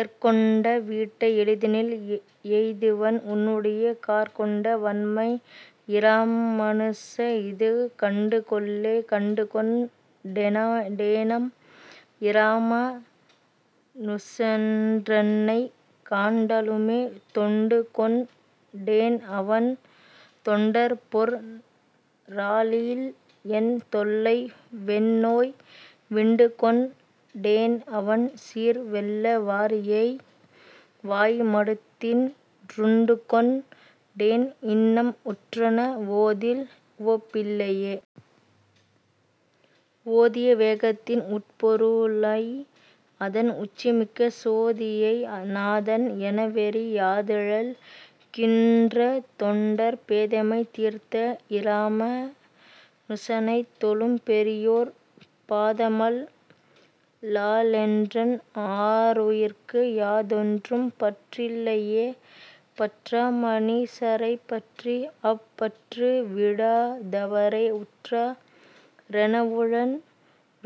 எர்கொண்ட வீட்டை எளிதினில் எய்துவன் உன்னுடைய கார்கொண்ட வண்மை இராமா னுச. இது கண்டுகொள்ளே. கண்டுகொண் டேனெம் இராமா னுசன்றன்னை காண்டலுமே தொண்டுகொண் டேன்அவன் தொண்டர்பொற் றாளில்என் தொல்லை வெந்நோய் விண்டுகொண் டேன்அவன் சீர்வெள்ள வாரியை வாய்மடுத்தின் றுண்டுகொண் டேன், இன்னம் உற்றன ஓதில் உவப்பில்லையே. ஓதிய வேதத்தின் உட்பொரு ளய், அதன் உச்சிமிக்க சோதியை நாதன் எனவெறி யாதுழல் கின்றதொண்டர் பேதைமை தீர்த்த இராமா னுசனைத் தொழும்பெரியோர் பாதமல் லாலென்றன் ஆருயிர்க்கு யாதொன்றும் பற்றில்லையை. பற்றா மனிசரைப் பற்றி, அப் பற்று விடாதவரே உற்றா ரெனவுழன்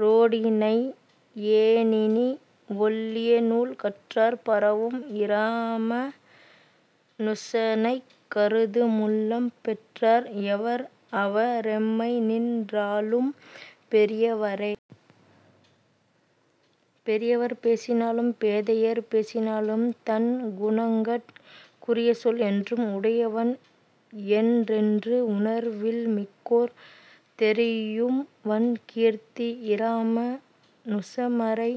றோடிநை யேனினி, ஒள்ளியநூல் கற்றார் பரவும் இராமா னுசனைக் கருதுமுள்ளம் பெற்றார் எவர், அவ ரெம்மைநின் றாளும் பெரியவரே. பெரியவர் பேசிலும் பேதையர் பேசிலும் தன்குணங்கட் குரியசொல் என்றும் உடையவன் என்றென்று உணர்வில்மிக்கோர் தெரியும்வண் கீர்த்தி இராமா னுசன்மறை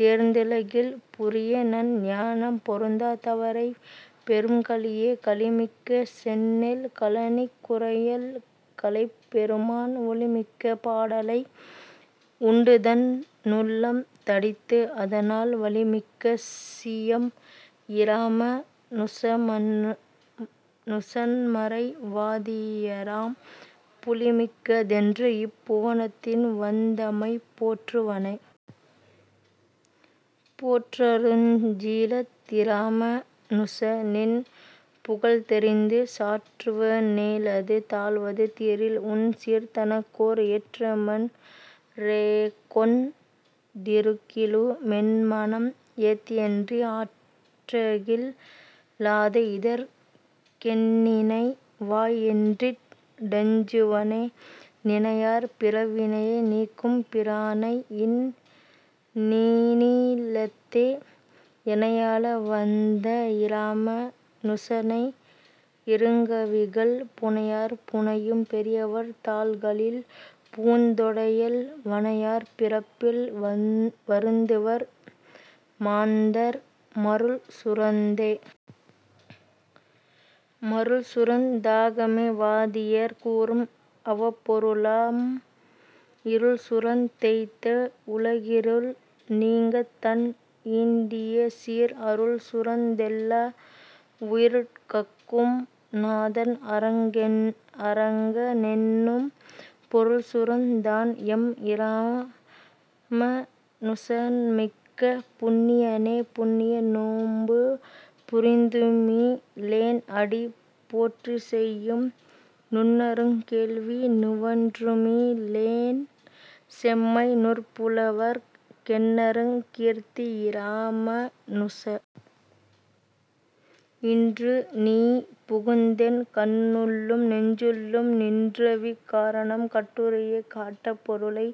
தேர்ந்துலகில் புரியுநன் ஞானம் பொருந்தா தவரைப் பொரும்கலியே. கலிமிக்க செந்நெல் கழனிக் குறையல் கலைப்பெருமான் ஒலிமிக்க பாடலை உண்டுதன் னுள்ளம் தடித்து, அதனால் வலிமிக்க சீயம் இராமா னுசன்மறை வாதியராம் புலிமிக்க தென்று, இப் புவனத்தில் வந்தமை போற்றுவனே. போற்றருஞ் சீலத் திராமா னுச, நின் புகழ்தெரிந்து சாற்றுவ னேலது தாழ்வது தீரில், உன் சீர்தனக்கோர் ஏற்றமென் றேகொண் டிருக்கிலு மென்மனம் ஏத்தியன்றி ஆற்றகில் லாது, இதற் கென்னினை வாயென்றிட் டஞ்சுவனே. நினையார் பிறவியை நீக்கும் பிரானை, இந் நீணிலத்தே எனையாள வந்த இராமா னுசனை இருங்கவிகள் புனையார் புனையும் பெரியவர் தாள்களில் பூந்தொடையல் வனையார் பிறப்பில் வருந்துவர் மாந்தர் மருள்சுரந்தே. மருள்சுரந் தாகம வாதியர் கூறும், அவப்பொருளாம் இருள்சுரந் தெய்த்த உலகிருள் நீங்கத், தன் ஈண்டியசீர் அருள்சுரந் தெல்லா வுயிர்கட்கும் நாதன் அரங்கனென்னும் பொருள்சுரந் தான், எம் இராமா னுசன்மிக்க புண்ணியனே. புண்ணிய நோன்பு புரிந்துமி லேன், அடி போற்றிசெய்யும் நுண்ணருங் கேள்வி நுவன்றுமி லேன், செம்மை நூற்புலவர்க் கெண்ணருங் கீர்த்தி இராமா னுச. இன்று நீபுகுந்தென் கண்ணுள்ளும் நெஞ்சுள்ளும் நின்றவிக் காரணம் கட்டுரையே. கட்டப் பொருளை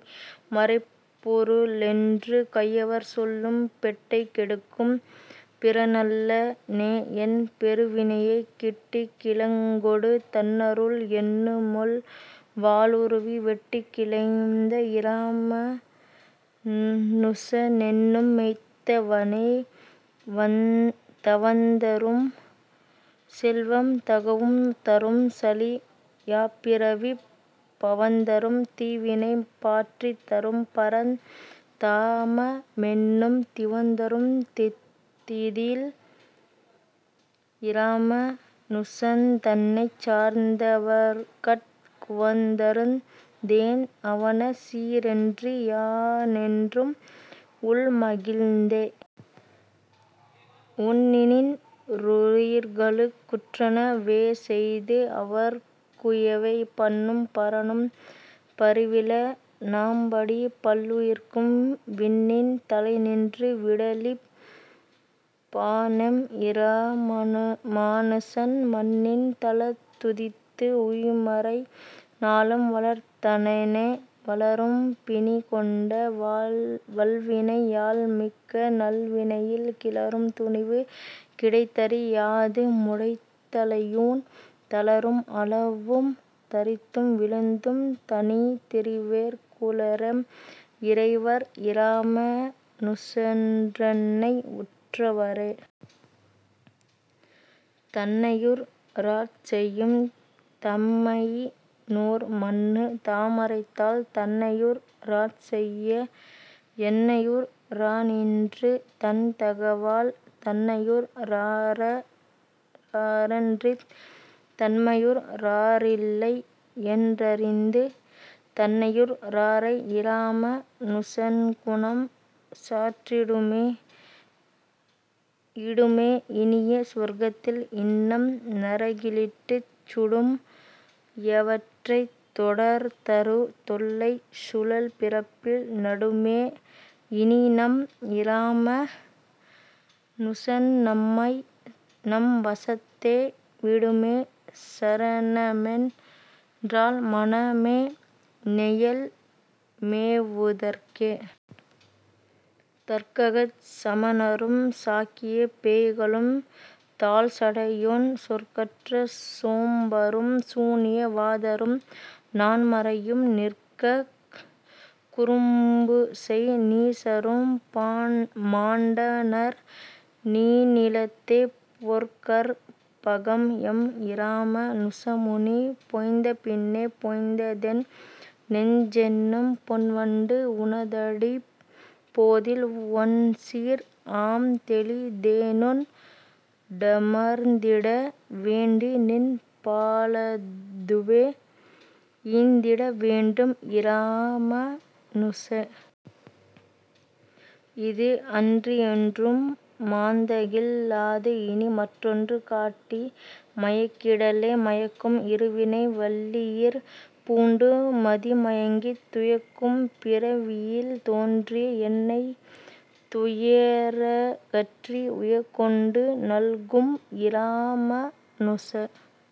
மறைப்பொரு ளென்று கயவர்சொல்லும் பெட்டைக் கெடுக்கும் பிரனல்ல னே, என் பெருவினையைக் கிட்டிக் கிழங்கொடு தன்னருள் என்னுமொள் வாளுருவி வெட்டிக் கிளைந்த இராமா னுசனென்னும் மெய்த்தவனே. தவந்தரும் செல்வம் தகவும் தரும், சலி யாப்பிறவிப் பவந்தரும் தீவினை பாற்றித் தரும், பரந் தாமமென்னும் திவந்தரும் தீதில் இராமா னுசன்தன்னைச் சார்ந்தவர்கட் குவந்தருந் தேன், அவன் சீரன்றி யானென்றும் உள்மகிழ்ந்தே. உண்ணின் றுயிர்களுக் குற்றன வேசெய்து அவர்க்குயவே பண்ணும் பரனும் பரிவில னாம்படி பல்லுயிர்க்கும் விண்ணின் தலைநின்று விடளிப் பானெம் இராமானுசன் மண்ணின் தலத்துதித்து உய்மறை நாலும் வளர்த்தனனே. வளரும் பிணிகொண்ட வல்வினை யால், மிக்க நல்வினையில் கிளரும் துணிவு கிடைத்தறி யாது முடைத்தலையூன் தளரும் அளவும் தரித்தும் விழுந்தும் தனிதிரிவேற் குளரெம் இறைவர் இராமா னுசன்றன்னை உற்றவரே. தன்னையுற் றாட்செய்யும் தன்மையி னோர், மன்னு தாமரைத்தாள் தன்னையுற் றாட்செய்ய என்னையுற் றானின்று தன்தகவால் தன்னையுற் றாரன்றித் தன்மையுற் றாரில்லை என்றறிந்து தன்னையுற் றாரை இராமா னுசன்குணம் சாற்றிடுமே. இடுமே இனிய சுவர்க்கத்தில் இன்னம் நரகிலிட்டுச் சுடுமே யவற்றைத் தொடர்தரு தொல்லைச் சுழல்பிறப்பில் நடுமே யினிநம் இராமா னுசன்நம்மை நம்வசத்தே விடுமே சரணமென் றால், மன மே நையல் மேவுதற்கே? தற்கச் சமணரும் சாக்கியப் பேய்களும் தாழ்சடையோன் சொற்கற்ற சோம்பரும் சூனிய வாதரும் நான்மறையும் நிற்கக் குறும்புசெய் நீசரும் மாண்டனர் நீணிலத்தே பொற்கற் பகம், எம் இராமா னுசமுனி போந்தபின்னே. போந்ததென் னெஞ்சென்னும் பொன்வண்டு உனதடிப் போதில் ஒண்சீர் ஆம்தெளி தேனுண் டமர்ந்திட வேண்டி, நின் பாலதுவே ஈந்திட வேண்டும் இராமா னுச. இது அன்றியொன்றும் மாந்தகில் லாது, இனி மற்றொன்று காட்டி மயக்கிடலே. மயக்கும் இருவினை வல்லியிற் பூண்டு மதிமயங்கித் துயக்கும் பிறவியில் தோன்றிய என்னைத் துயரகற்றி உயக்கொண்டு நல்கும் இராமா னுச.